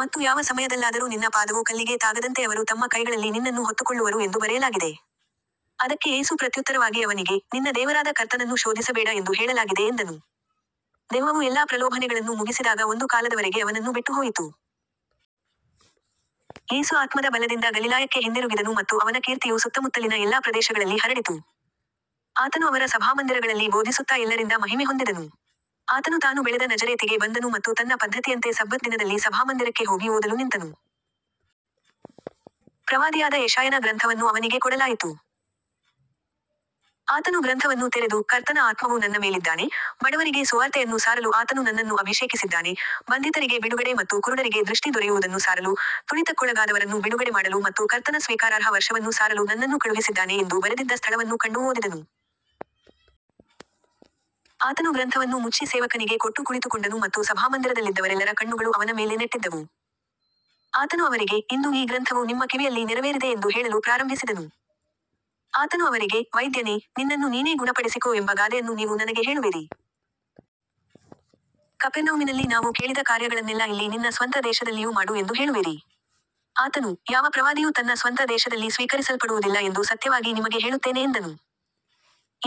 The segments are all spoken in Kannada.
ಮತ್ತು ಯಾವ ಸಮಯದಲ್ಲಾದರೂ ನಿನ್ನ ಪಾದವು ಕಲ್ಲಿಗೆ ತಾಗದಂತೆ ಅವರು ತಮ್ಮ ಕೈಗಳಲ್ಲಿ ನಿನ್ನನ್ನು ಹೊತ್ತುಕೊಳ್ಳುವರು ಎಂದು ಬರೆಯಲಾಗಿದೆ. ಅದಕ್ಕೆ ಯೇಸು ಪ್ರತ್ಯುತ್ತರವಾಗಿ ಅವನಿಗೆ, ನಿನ್ನ ದೇವರಾದ ಕರ್ತನನ್ನು ಶೋಧಿಸಬೇಡ ಎಂದು ಹೇಳಲಾಗಿದೆ ಎಂದನು. ದೆವ್ವವು ಎಲ್ಲಾ ಪ್ರಲೋಭನೆಗಳನ್ನು ಮುಗಿಸಿದಾಗ ಒಂದು ಕಾಲದವರೆಗೆ ಅವನನ್ನು ಬಿಟ್ಟುಹೋಯಿತು. ಯೇಸು ಆತ್ಮದ ಬಲದಿಂದ ಗಲಿಲಾಯಕ್ಕೆ ಹಿಂದಿರುಗಿದನು ಮತ್ತು ಅವನ ಕೀರ್ತಿಯು ಸುತ್ತಮುತ್ತಲಿನ ಎಲ್ಲಾ ಪ್ರದೇಶಗಳಲ್ಲಿ ಹರಡಿತು. ಆತನು ಅವರ ಸಭಾಮಂದಿರಗಳಲ್ಲಿ ಬೋಧಿಸುತ್ತಾ ಎಲ್ಲರಿಂದ ಮಹಿಮೆ ಹೊಂದಿದನು. ಆತನು ತಾನು ಬೆಳೆದ ನಜರೇತಿಗೆ ಬಂದನು ಮತ್ತು ತನ್ನ ಪದ್ಧತಿಯಂತೆ ಸಬ್ಬತ್ ದಿನದಲ್ಲಿ ಸಭಾಮಂದಿರಕ್ಕೆ ಹೋಗಿ ಓದಲು ನಿಂತನು. ಪ್ರವಾದಿಯಾದ ಯೆಶಾಯನ ಗ್ರಂಥವನ್ನು ಅವನಿಗೆ ಕೊಡಲಾಯಿತು. ಆತನು ಗ್ರಂಥವನ್ನು ತೆರೆದು, ಕರ್ತನ ಆತ್ಮವು ನನ್ನ ಮೇಲಿದ್ದಾನೆ, ಬಡವರಿಗೆ ಸುವಾರ್ತೆಯನ್ನು ಸಾರಲು ಆತನು ನನ್ನನ್ನು ಅಭಿಷೇಕಿಸಿದ್ದಾನೆ, ಬಂಧಿತರಿಗೆ ಬಿಡುಗಡೆ ಮತ್ತು ಕುರುಡರಿಗೆ ದೃಷ್ಟಿ ದೊರೆಯುವುದನ್ನು ಸಾರಲು, ತುಳಿತಕ್ಕೊಳಗಾದವರನ್ನು ಬಿಡುಗಡೆಮಾಡಲು ಮತ್ತು ಕರ್ತನ ಸ್ವೀಕಾರಾರ್ಹ ವರ್ಷವನ್ನು ಸಾರಲು ನನ್ನನ್ನು ಕಳುಹಿಸಿದ್ದಾನೆ ಎಂದು ಬರೆದಿದ್ದ ಸ್ಥಳವನ್ನು ಕಂಡು ಓದಿದನು. ಆತನು ಗ್ರಂಥವನ್ನು ಮುಚ್ಚಿ ಸೇವಕನಿಗೆ ಕೊಟ್ಟು ಕುಳಿತುಕೊಂಡನು ಮತ್ತು ಸಭಾಮಂದಿರದಲ್ಲಿದ್ದವರೆಲ್ಲರ ಕಣ್ಣುಗಳು ಅವನ ಮೇಲೆ ನೆಟ್ಟಿದ್ದವು. ಆತನು ಅವರಿಗೆ, ಇಂದು ಈ ಗ್ರಂಥವು ನಿಮ್ಮ ಕಿವಿಯಲ್ಲಿ ನೆರವೇರಿದೆ ಎಂದು ಹೇಳಲು ಪ್ರಾರಂಭಿಸಿದನು. ಆತನು ಅವರಿಗೆ, ವೈದ್ಯನೇ, ನಿನ್ನನ್ನು ನೀನೇ ಗುಣಪಡಿಸಿಕೋ ಎಂಬ ಗಾದೆಯನ್ನು ನೀವು ನನಗೆ ಹೇಳುವಿರಿ. ಕಪೆರ್ನೌಮಿನಲ್ಲಿ ನಾವು ಕೇಳಿದ ಕಾರ್ಯಗಳನ್ನೆಲ್ಲ ಇಲ್ಲಿ ನಿನ್ನ ಸ್ವಂತ ದೇಶದಲ್ಲಿಯೂ ಮಾಡು ಎಂದು ಹೇಳುವಿರಿ. ಆತನು, ಯಾವ ಪ್ರವಾದಿಯೂ ತನ್ನ ಸ್ವಂತ ದೇಶದಲ್ಲಿ ಸ್ವೀಕರಿಸಲ್ಪಡುವುದಿಲ್ಲ ಎಂದು ಸತ್ಯವಾಗಿ ನಿಮಗೆ ಹೇಳುತ್ತೇನೆ ಎಂದನು.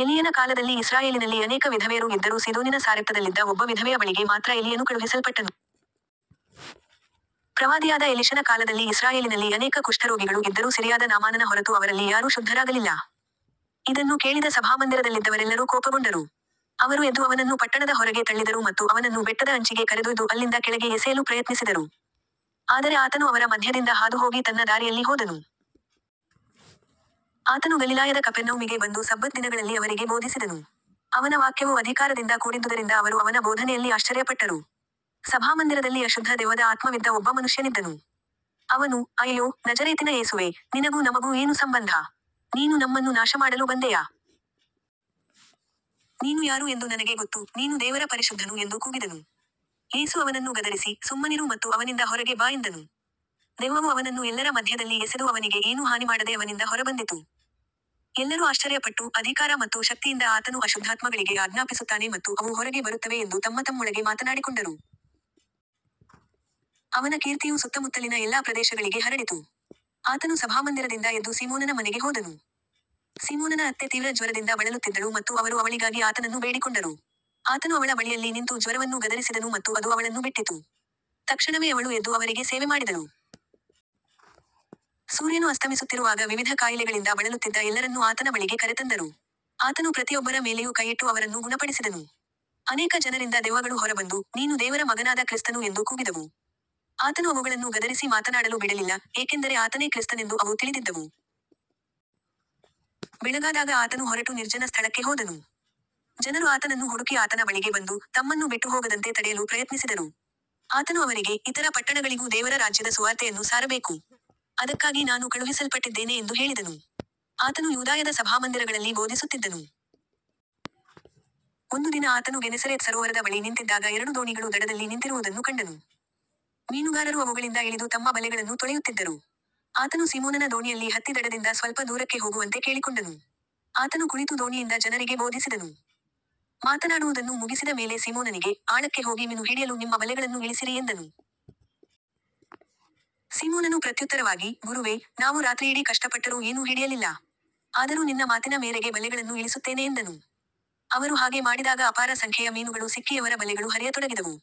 ಎಲೀಯನ ಕಾಲದಲ್ಲಿ ಇಸ್ರಾಯೇಲಿನಲ್ಲಿ ಅನೇಕ ವಿಧವೆಯರು ಇದ್ದರೂ ಸೀದೋನಿನ ಸಾರೆಪ್ತದಲ್ಲಿದ್ದ ಒಬ್ಬ ವಿಧವೆಯ ಬಳಿಗೆ ಮಾತ್ರ ಎಲೀಯನು ಕಳುಹಿಸಲ್ಪಟ್ಟನು. ಪ್ರವಾದಿಯಾದ ಎಲಿಷನ ಕಾಲದಲ್ಲಿ ಇಸ್ರಾಯೇಲಿನಲ್ಲಿ ಅನೇಕ ಕುಷ್ಠರೋಗಿಗಳು ಇದ್ದರೂ ಸಿರಿಯಾದ ನಾಮಾನನ ಹೊರತು ಅವರಲ್ಲಿ ಯಾರೂ ಶುದ್ಧರಾಗಲಿಲ್ಲ. ಇದನ್ನು ಕೇಳಿದ ಸಭಾಮಂದಿರದಲ್ಲಿದ್ದವರೆಲ್ಲರೂ ಕೋಪಗೊಂಡರು. ಅವರು ಎದ್ದು ಅವನನ್ನು ಪಟ್ಟಣದ ಹೊರಗೆ ತಳ್ಳಿದರು ಮತ್ತು ಅವನನ್ನು ಬೆಟ್ಟದ ಅಂಚಿಗೆ ಕರೆದೊಯ್ದು ಅಲ್ಲಿಂದ ಕೆಳಗೆ ಎಸೆಯಲು ಪ್ರಯತ್ನಿಸಿದರು. ಆದರೆ ಆತನು ಅವರ ಮಧ್ಯದಿಂದ ಹಾದುಹೋಗಿ ತನ್ನ ದಾರಿಯಲ್ಲಿ ಹೋದನು. ಆತನು ಗಲಿಲಾಯದ ಕಪೆರ್ನೌಮಿಗೆ ಬಂದು ಸಬ್ಬತ್ ದಿನಗಳಲ್ಲಿ ಅವರಿಗೆ ಬೋಧಿಸಿದನು. ಅವನ ವಾಕ್ಯವು ಅಧಿಕಾರದಿಂದ ಕೂಡಿದ್ದುದರಿಂದ ಅವರು ಅವನ ಬೋಧನೆಯಲ್ಲಿ ಆಶ್ಚರ್ಯಪಟ್ಟರು. ಸಭಾಮಂದಿರದಲ್ಲಿ ಅಶುದ್ಧ ದೆವ್ವದ ಆತ್ಮವಿದ್ದ ಒಬ್ಬ ಮನುಷ್ಯನಿದ್ದನು. ಅವನು, ಅಯ್ಯೋ, ನಜರೇತಿನ ಯೇಸುವೇ, ನಿನಗೂ ನಮಗೂ ಏನು ಸಂಬಂಧ. ನೀನು ನಮ್ಮನ್ನು ನಾಶಮಾಡಲು ಬಂದೆಯಾ. ನೀನು ಯಾರು ಎಂದು ನನಗೆ ಗೊತ್ತು, ನೀನು ದೇವರ ಪರಿಶುದ್ಧನು ಎಂದು ಕೂಗಿದನು. ಯೇಸು ಅವನನ್ನು ಗದರಿಸಿ, ಸುಮ್ಮನಿರು ಮತ್ತು ಅವನಿಂದ ಹೊರಗೆ ಬಾ ಎಂದನು. ದೆವ್ವವು ಅವನನ್ನು ಎಲ್ಲರ ಮಧ್ಯದಲ್ಲಿ ಎಸೆದು ಅವನಿಗೆ ಏನೂ ಹಾನಿಮಾಡದೆ ಅವನಿಂದ ಹೊರಬಂದಿತು. ಎಲ್ಲರೂ ಆಶ್ಚರ್ಯಪಟ್ಟು, ಅಧಿಕಾರ ಮತ್ತು ಶಕ್ತಿಯಿಂದ ಆತನು ಅಶುದ್ಧಾತ್ಮಗಳಿಗೆ ಆಜ್ಞಾಪಿಸುತ್ತಾನೆ ಮತ್ತು ಅವು ಹೊರಗೆ ಬರುತ್ತವೆ ಎಂದು ತಮ್ಮತಮ್ಮೊಳಗೆ ಮಾತನಾಡಿಕೊಂಡರು. ಅವನ ಕೀರ್ತಿಯು ಸುತ್ತಮುತ್ತಲಿನ ಎಲ್ಲಾ ಪ್ರದೇಶಗಳಿಗೆ ಹರಡಿತು. ಆತನು ಸಭಾಮಂದಿರದಿಂದ ಎದ್ದು ಸೀಮೋನನ ಮನೆಗೆ ಹೋದನು. ಸೀಮೋನನ ಅತ್ತೆ ತೀವ್ರ ಜ್ವರದಿಂದ ಬಳಲುತ್ತಿದ್ದಳು ಮತ್ತು ಅವರು ಅವಳಿಗಾಗಿ ಆತನನ್ನು ಬೇಡಿಕೊಂಡರು. ಆತನು ಅವಳ ಬಳಿಯಲ್ಲಿ ನಿಂತು ಜ್ವರವನ್ನು ಗದರಿಸಿದನು ಮತ್ತು ಅದು ಅವಳನ್ನು ಬಿಟ್ಟಿತು. ತಕ್ಷಣವೇ ಅವಳು ಎದ್ದು ಅವರಿಗೆ ಸೇವೆಮಾಡಿದಳು. ಸೂರ್ಯನು ಅಸ್ತಮಿಸುತ್ತಿರುವಾಗ ವಿವಿಧ ಕಾಯಿಲೆಗಳಿಂದ ಬಳಲುತ್ತಿದ್ದ ಎಲ್ಲರನ್ನು ಆತನ ಬಳಿಗೆ ಕರೆತಂದರು. ಆತನು ಪ್ರತಿಯೊಬ್ಬರ ಮೇಲೆಯೂ ಕೈಯಿಟ್ಟು ಅವರನ್ನು ಗುಣಪಡಿಸಿದನು. ಅನೇಕ ಜನರಿಂದ ದೆವ್ವಗಳು ಹೊರಬಂದು, ನೀನು ದೇವರ ಮಗನಾದ ಕ್ರಿಸ್ತನು ಎಂದು ಕೂಗಿದವು. ಆತನು ಅವುಗಳನ್ನು ಗದರಿಸಿ ಮಾತನಾಡಲು ಬಿಡಲಿಲ್ಲ, ಏಕೆಂದರೆ ಆತನೇ ಕ್ರಿಸ್ತನೆಂದು ಅವು ತಿಳಿದಿದ್ದವು. ಬೆಳಗಾದಾಗ ಆತನು ಹೊರಟು ನಿರ್ಜನ ಸ್ಥಳಕ್ಕೆ ಹೋದನು. ಜನರು ಆತನನ್ನು ಹುಡುಕಿ ಆತನ ಬಳಿಗೆ ಬಂದು, ತಮ್ಮನ್ನು ಬಿಟ್ಟುಹೋಗದಂತೆ ತಡೆಯಲು ಪ್ರಯತ್ನಿಸಿದರು. ಆತನು ಅವರಿಗೆ, ಇತರ ಪಟ್ಟಣಗಳಿಗೂ ದೇವರ ರಾಜ್ಯದ ಸುವಾರ್ತೆಯನ್ನು ಸಾರಬೇಕು. ಅದಕ್ಕಾಗಿ ನಾನು ಕಳುಹಿಸಲ್ಪಟ್ಟಿದ್ದೇನೆ ಎಂದು ಹೇಳಿದನು. ಆತನು ಯೂದಾಯದ ಸಭಾಮಂದಿರಗಳಲ್ಲಿ ಬೋಧಿಸುತ್ತಿದ್ದನು. ಒಂದು ದಿನ ಆತನು ಗೆನೆಸರೇತ್ ಸರೋವರದ ಬಳಿ ನಿಂತಿದ್ದಾಗ ಎರಡು ದೋಣಿಗಳು ದಡದಲ್ಲಿ ನಿಂತಿರುವುದನ್ನು ಕಂಡನು. ಮೀನುಗಾರರು ಅವುಗಳಿಂದ ಇಳಿದು ತಮ್ಮ ಬಲೆಗಳನ್ನು ತೊಳೆಯುತ್ತಿದ್ದರು. ಆತನು ಸೀಮೋನನ ದೋಣಿಯಲ್ಲಿ ಹತ್ತಿ ದಡದಿಂದ ಸ್ವಲ್ಪ ದೂರಕ್ಕೆ ಹೋಗುವಂತೆ ಕೇಳಿಕೊಂಡನು. ಆತನು ಕುಳಿತು ದೋಣಿಯಿಂದ ಜನರಿಗೆ ಬೋಧಿಸಿದನು. ಮಾತನಾಡುವುದನ್ನು ಮುಗಿಸಿದ ಮೇಲೆ ಸೀಮೋನನಿಗೆ, ಆಳಕ್ಕೆ ಹೋಗಿ ಮೀನು ಹಿಡಿಯಲು ನಿಮ್ಮ ಬಲೆಗಳನ್ನು ಇಳಿಸಿರಿ ಎಂದನು. ಸೀಮೋನನು ಪ್ರತ್ಯುತ್ತರವಾಗಿ, ಗುರುವೇ, ನಾವು ರಾತ್ರಿಯಿಡೀ ಕಷ್ಟಪಟ್ಟರೂ ಏನೂ ಹಿಡಿಯಲಿಲ್ಲ. ಆದರೂ ನಿನ್ನ ಮಾತಿನ ಮೇರೆಗೆ ಬಲೆಗಳನ್ನು ಇಳಿಸುತ್ತೇನೆ ಎಂದನು. ಅವರು ಹಾಗೆ ಮಾಡಿದಾಗ ಅಪಾರ ಸಂಖ್ಯೆಯ ಮೀನುಗಳು ಸಿಕ್ಕಿ ಅವರ ಬಲೆಗಳು ಹರಿಯತೊಡಗಿದವು.